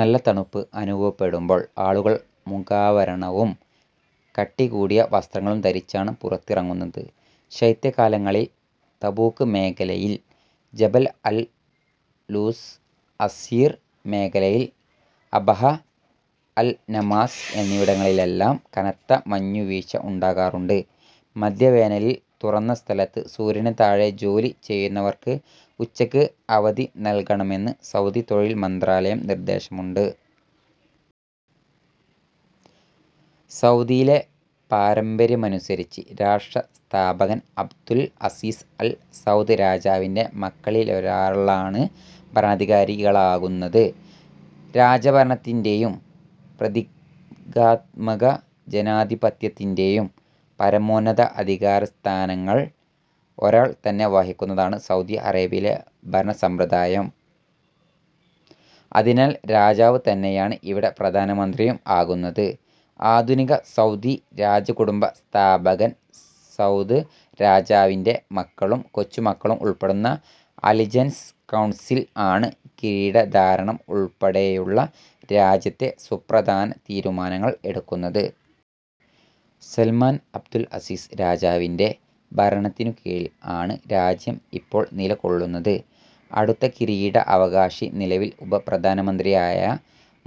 നല്ല തണുപ്പ് അനുഭവപ്പെടുമ്പോൾ ആളുകൾ മുഖാവരണവും കട്ടി കൂടിയ വസ്ത്രങ്ങളും ധരിച്ചാണ് പുറത്തിറങ്ങുന്നത്. ശൈത്യ കാലങ്ങളിൽ തബൂക്ക് മേഖലയിൽ ജബൽ അൽലൂസ്, അസീർ മേഖലയിൽ അബഹ, അൽ നമാസ് എന്നിവിടങ്ങളിലെല്ലാം കനത്ത മഞ്ഞുവീഴ്ച ഉണ്ടാകാറുണ്ട്. മധ്യവേനലിൽ തുറന്ന സ്ഥലത്ത് സൂര്യന് താഴെ ജോലി ചെയ്യുന്നവർക്ക് ഉച്ചക്ക് അവധി നൽകണമെന്ന് സൗദി തൊഴിൽ മന്ത്രാലം നിർദ്ദേശമുണ്ട്. സൗദിയിലെ പാരമ്പര്യമനുസരിച്ച്, രാഷ്ട്ര സ്ഥാപകൻ അബ്ദുൽ അസീസ് അൽ സൗദ് രാജാവിന്റെ മക്കളിലൊരാളാണ് ഭരണാധികാരികളാകുന്നത്. രാജഭരണത്തിന്റേയും പ്രതീകാത്മക ജനാധിപത്യത്തിന്റേയും പരമോന്നത അധികാരസ്ഥാനങ്ങൾ ഒരാൾ തന്നെ വഹിക്കുന്നതാണ് സൗദി അറേബ്യയിലെ ഭരണസമ്പ്രദായം. അതിനാൽ രാജാവ് തന്നെയാണ് ഇവിടെ പ്രധാനമന്ത്രിയും ആകുന്നത്. ആധുനിക സൗദി രാജകുടുംബ സ്ഥാപകൻ സൗദ് രാജാവിന്റെ മക്കളും കൊച്ചുമക്കളും ഉൾപ്പെടുന്ന അലിജൻസ് കൗൺസിൽ ആണ് കിരീടധാരണം ഉൾപ്പെടെയുള്ള രാജ്യത്തെ സുപ്രധാന തീരുമാനങ്ങൾ എടുക്കുന്നത്. സല്മാൻ അബ്ദുൾ അസീസ് രാജാവിന്റെ ഭരണത്തിനു കീഴിൽ ആണ് രാജ്യം ഇപ്പോൾ നില കൊള്ളുന്നത്. അടുത്ത കിരീട അവകാശി നിലവിൽ ഉപപ്രധാനമന്ത്രിയായ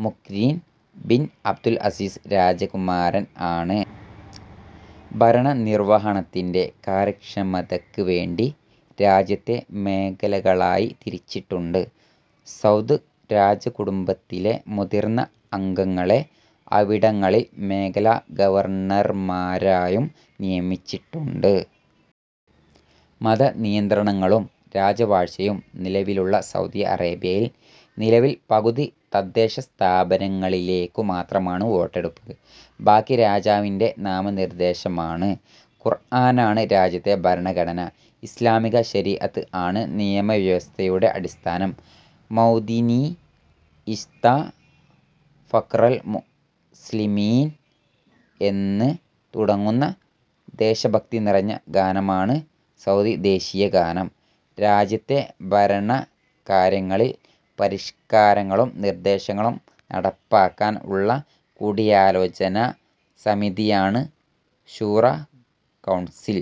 മുഖ്-രിൻ ബിൻ അബ്ദുൽ അസീസ് രാജകുമാരൻ ആണ്. ഭരണനിർവഹണത്തിന്റെ കാര്യക്ഷമതക്ക് വേണ്ടി രാജ്യത്തെ മേഖലകളായി തിരിച്ചിട്ടുണ്ട്. സൗദ് രാജകുടുംബത്തിലെ മുതിർന്ന അംഗങ്ങളെ അവിടങ്ങളിൽ മേഖലാ ഗവർണർമാരായും നിയമിച്ചിട്ടുണ്ട്. മതനിയന്ത്രണങ്ങളും രാജവാഴ്ചയും നിലവിലുള്ള സൗദി അറേബ്യയിൽ നിലവിൽ പകുതി തദ്ദേശസ്ഥാപനങ്ങളിലേക്കു മാത്രമാണ് വോട്ടെടുപ്പ്. ബാക്കി രാജാവിന്റെ നാമനിർദ്ദേശമാണ്. ഖുർആനാണ് രാജ്യത്തെ ഭരണഘടന. ഇസ്ലാമിക ശരിഅത്ത് ആണ് നിയമവ്യവസ്ഥയുടെ അടിസ്ഥാനം. മൗതിനീ, ഇശ്ത ഫഖ്റൽ മുസ്ലിമീൻ എന്ന് തുടങ്ങുന്ന ദേശഭക്തി നിറഞ്ഞ ഗാനമാണ് സൗദി ദേശീയഗാനം. രാജ്യത്തെ ഭരണ കാര്യങ്ങളിൽ പരിഷ്കാരങ്ങളും നിർദ്ദേശങ്ങളും നടപ്പാക്കാൻ ഉള്ള കൂടിയാലോചനാ സമിതിയാണ് ശൂറ കൗൺസിൽ.